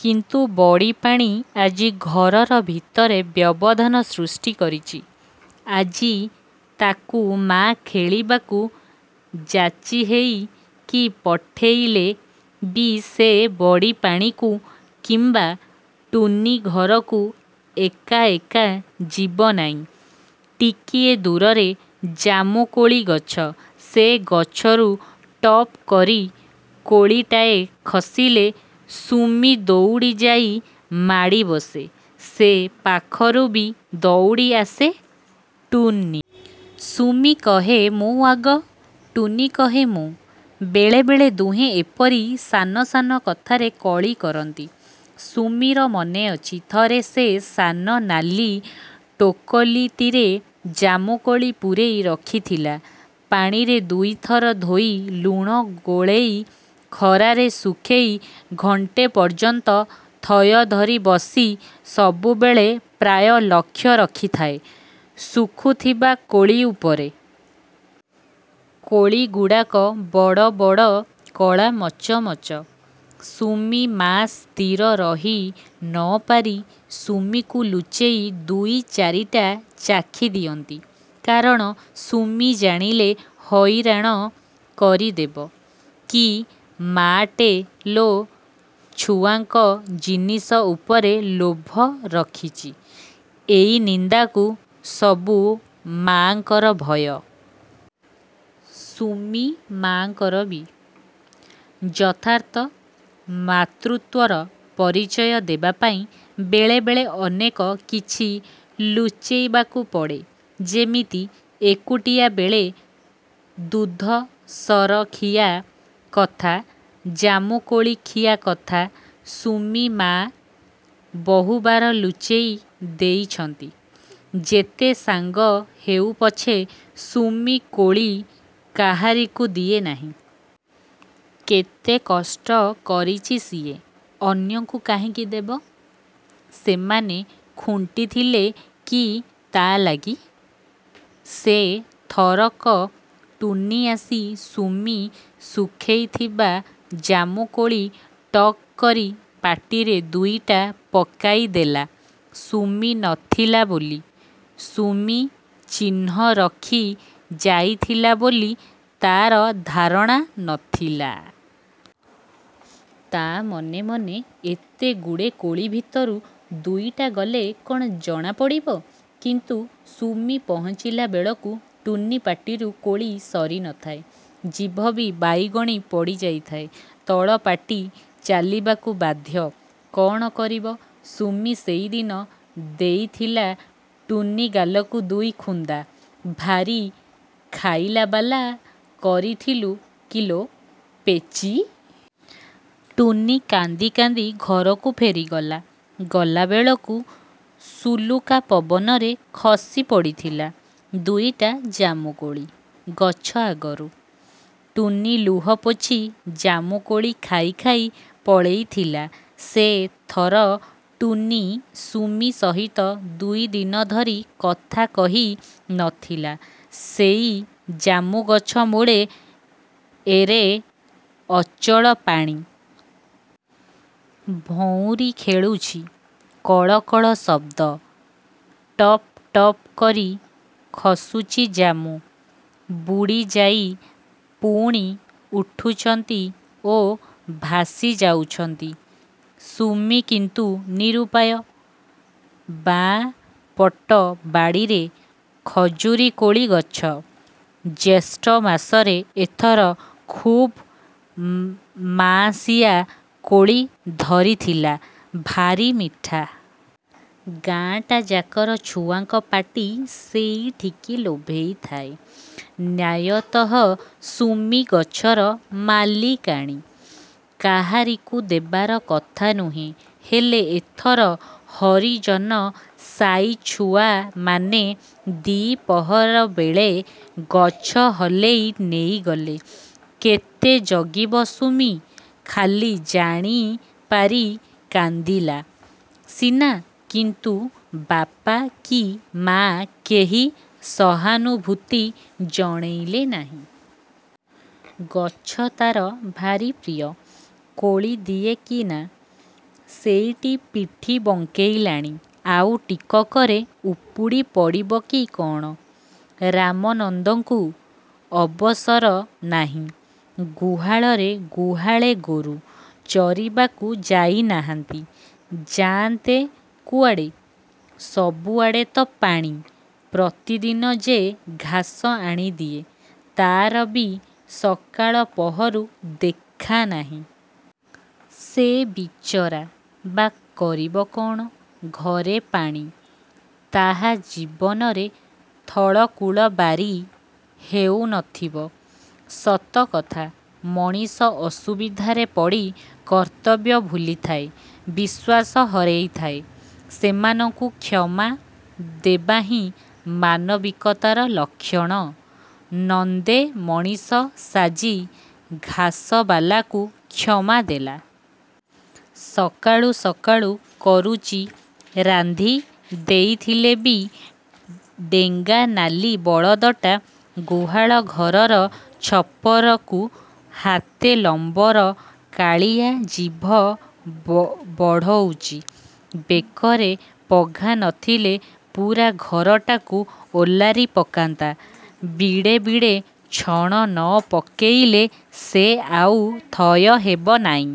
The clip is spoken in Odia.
କିନ୍ତୁ ବଡିପାଣି ଆଜି ଘର ଘର ଭିତରେ ବ୍ୟବଧାନ ସୃଷ୍ଟି କରିଚି। ଆଜି, ତାକୁ ମା' ଖେଳିବାକୁ ଯାଚିହେଇ କି ପଠେଇଲେ ବି ସେ ବଡିପାଣିକୁ କିମ୍ବା ଟୁନୀ ଘରକୁ ଏକା ଏକା ଯିବ ନାଇଁ। ଟିକିଏ ଦୂରରେ ଜାମୁକୋଳି ଗଛ। ସେ ଗଛରୁ ଟପ୍ କରି କୋଳିଟାଏ ଖସିଲେ ସୁମି ଦଉଡ଼ି ଯାଇ ମାଡ଼ି ବସେ; ସେ ପାଖରୁ ବି ଦଉଡ଼ି ଆସେ ଟୁନୀ। ସୁମି କହେ ମୁଁ ଆଗ, ଟୁନୀ କହେ ମୁଁ। ବେଳେବେଳେ ଦୁହେଁ ଏପରି ସାନ ସାନ କଥାରେ କଳି କରନ୍ତି। ସୁମିର ମନେଅଛି–ଥରେ ସେ ସାନ ନାଲି ଟୋକଲିଟିରେ ଜାମୁକୋଳି ପୂରେଇ ରଖିଥିଲା। ପାଣିରେ ଦୁଇଥର ଧୋଇ, ଲୁଣ ଗୋଳେଇ ଖରାରେ ଶୁଖେଇ ଘଣ୍ଟେ ପର୍ଯ୍ୟନ୍ତ ଥୟ ଧରିବସି ସବୁବେଳେ ପ୍ରାୟ ଲକ୍ଷ୍ୟ ରଖିଥାଏ ଶୁଖୁଥିବା କୋଳି ଉପରେ। କୋଳିଗୁଡାକ ବଡ଼ ବଡ଼ କଳା ମଚ ମଚ। ସୁମି ମା' ସ୍ଥିର ରହି ନପାରି ସୁମିକୁ ଲୁଚେଇ ଦୁଇ ଚାରିଟା ଚାଖି ଦିଅନ୍ତି।। କାରଣ ସୁମି ଜାଣିଲେ ହଇରାଣ କରିଦେବ। କି ମା'ଟେ ଲୋ, ଛୁଆଙ୍କ ଜିନିଷ ଉପରେ ଲୋଭ ରଖିଚି–ଏଇ ନିନ୍ଦାକୁ ସବୁ ମା'ଙ୍କର ଭୟ। ସୁମି ମା'ଙ୍କର ବି। ଯଥାର୍ଥ ମାତୃତ୍ୱର ପରିଚୟ ଦେବା ପାଇଁ ବେଳେବେଳେ ଅନେକ କିଛି ଲୁଚେଇବାକୁ ପଡ଼େ। ଯେମିତି ଏକୁଟିଆ ବେଳେ ଦୁଧ-ସର ଖିଆ କଥା, ଜାମୁକୋଳି ଖିଆ କଥା ସୁମି-ମା' ବହୁବାର ଲୁଚେଇ ଦେଇଚନ୍ତି। ଯେତେ ସାଙ୍ଗ ହେଉପଛେ ସୁମି କୋଳି କାହାରିକୁ ଦିଏ ନାହିଁ। କେତେ କଷ୍ଟ କରିଚି ସିଏ–ଅନ୍ୟଙ୍କୁ କାହିଁକି ଦେବ? ସେମାନେ ଖୁଣ୍ଟିଥିଲେ କି ତା' ଲାଗି? ସେ ଥରକ ଟୁନୀ ଆସି ସୁମି ଶୁଖେଇଥିବା ଜାମୁକୋଳି ଟକ୍ କରି ପାଟିରେ ଦୁଇଟା ପକେଇ ଦେଲା ସୁମି ନଥିଲା ବୋଲି। ସୁମି ଚିହ୍ନ ରଖି ଯାଇଥିଲା ବୋଲି ତା'ର ଧାରଣା ନଥିଲା। ତା' ମନେ ମନେ ଏତେଗୁଡ଼େ କୋଳି ଭିତରୁ ଦୁଇଟା ଗଲେ କ'ଣ ଜଣାପଡ଼ିବ। କିନ୍ତୁ ସୁମି ପହଞ୍ଚିଲା ବେଳକୁ ଟୁନୀ ପାଟିରୁ କୋଳି ସରି ନଥାଏ, ଜିଭ ବି ବାଇଗଣି ପଡ଼ିଯାଇଥାଏ। ତଳପାଟି ଚାଲିବାକୁ ବାଧ୍ୟ, କ'ଣ କରିବ? ସୁମି ସେଇଦିନ ଦେଇଥିଲା ଟୁନୀ ଗାଲକୁ ଦୁଇ ଖୁନ୍ଦା, 'ଭାରି ଖାଇଲାବାଲା, କରିଥିଲୁ କି ଲୋ, ପେଚୀ। ' ଟୁନୀ କାନ୍ଦି କାନ୍ଦି ଘରକୁ ଫେରିଗଲା। ଗଲାବେଳକୁ ସୁଲୁକା ପବନରେ ଖସିପଡ଼ିଥିଲା ଦୁଇଟା ଜାମୁକୋଳି ଗଛ ଅଗରୁ। ଟୁନୀ ଲୁହ ପୋଛି ଜାମୁକୋଳି ଖାଇ ଖାଇ ପଳେଇଥିଲା। ସେ ଥର ଟୁନୀ ସୁମି ସହିତ ଦୁଇଦିନ ଧରି କଥା କହି ନଥିଲା। ସେଇ ଜାମୁଗଛ ମୂଳେ ଏରେ ଅଥଳ ପାଣି। ଭଉଁରୀ ଖେଳୁଛି। କଳ କଳ ଶବ୍ଦ। ଟପ୍ ଟପ୍ କରି ଖସୁଚି ଜାମୁ। ବୁଡ଼ିଯାଇ ପୁଣି ଉଠୁଚନ୍ତି ଓ ଭାସି ଯାଉଛନ୍ତି। ସୁମି କିନ୍ତୁ ନିରୁପାୟ। ବାଁ ପଟ ବାଡ଼ିରେ ଖଜୁରୀକୋଳି ଗଛ। ଜ୍ୟେଷ୍ଠ ମାସରେ ଏଥର ଖୁବ୍ ମାଆଁସିଆ କୋଳି ଧରିଥିଲା। ଭାରି ମିଠା। ଗାଁଟା ଯାକର ଛୁଆଙ୍କ ପାଟି ସେଇଠିକି ଲୋଭେଇଥାଏ। ନ୍ୟାୟତଃ ସୁମି ଗଛର ମାଲିକାଣୀ। କାହାରିକୁ ଦେବାର କଥା ନୁହେଁ। ହେଲେ ଏଥର ହରିଜନ ସାଇ ଛୁଆମାନେ ଦି'ପହର ବେଳେ ଗଛ ହଲେଇ ନେଇଗଲେ। କେତେ ଜଗିବ ସୁମି? ଖାଲି ଜାଣିପାରି କାନ୍ଦିଲା ସିନା, କିନ୍ତୁ ବାପା କି ମା' କେହି ସହାନୁଭୂତି ଜଣେଇଲେ ନାହିଁ। ଗଛ ତା'ର ଭାରି ପ୍ରିୟ, କୋଳି ଦିଏ କିନା! ସେଇଟି ପିଠି ବଙ୍କେଇଲାଣି। ଆଉ ଟିକକରେ ଉପୁଡ଼ି ପଡ଼ିବ କି କ'ଣ? ରାମନନ୍ଦଙ୍କୁ ଅବସର ନାହିଁ। ଗୁହାଳରେ ଗୁହାଳେ ଗୋରୁ। ଚରିବାକୁ ଯାଇ ନାହାନ୍ତି। ଯାଆନ୍ତେ କୁଆଡ଼େ। ସବୁଆଡ଼େ ତ ପାଣି। ପ୍ରତିଦିନ ଯେ ଘାସ ଆଣିଦିଏ, ତା'ର ବି ସକାଳପହରୁ ଦେଖା ନାହିଁ। ସେ ବିଚରା ବା କରିବ କ'ଣ? ଘରେ ପାଣି। ତାହା ଜୀବନରେ ଥଳକୂଳ ବାରି ହେଉ ନଥିବ। ସତ କଥା, ମଣିଷ ଅସୁବିଧାରେ ପଡ଼ି କର୍ତ୍ତବ୍ୟ ଭୁଲିଥାଏ, ବିଶ୍ୱାସ ହରେଇଥାଏ। ସେମାନଙ୍କୁ କ୍ଷମା ଦେବାହିଁ ମାନବିକତାର ଲକ୍ଷଣ। ନନ୍ଦେ ମଣିଷ ସାଜି ଘାସବାଲାକୁ କ୍ଷମା ଦେଲେ। ସକାଳୁ ସକାଳୁ କୁରୁଚି ରାନ୍ଧି ଦେଇଥିଲେ ବି ଡେଙ୍ଗା ନାଲି ବଳଦଟା ଗୁହାଳଘରର ଛପରକୁ ହାତେ ଲମ୍ବର କାଳିଆ ଜିଭ ବଢ଼ଉଚି। ବେକରେ ପଘା ନଥିଲେ ପୂରା ଘରଟାକୁ ଓଲାରି ପକାନ୍ତା। ବିଡ଼େ ବିଡ଼େ ଛଣ ନ ପକେଇଲେ ସେ ଆଉ ଥୟ ହେବ ନାଇଁ।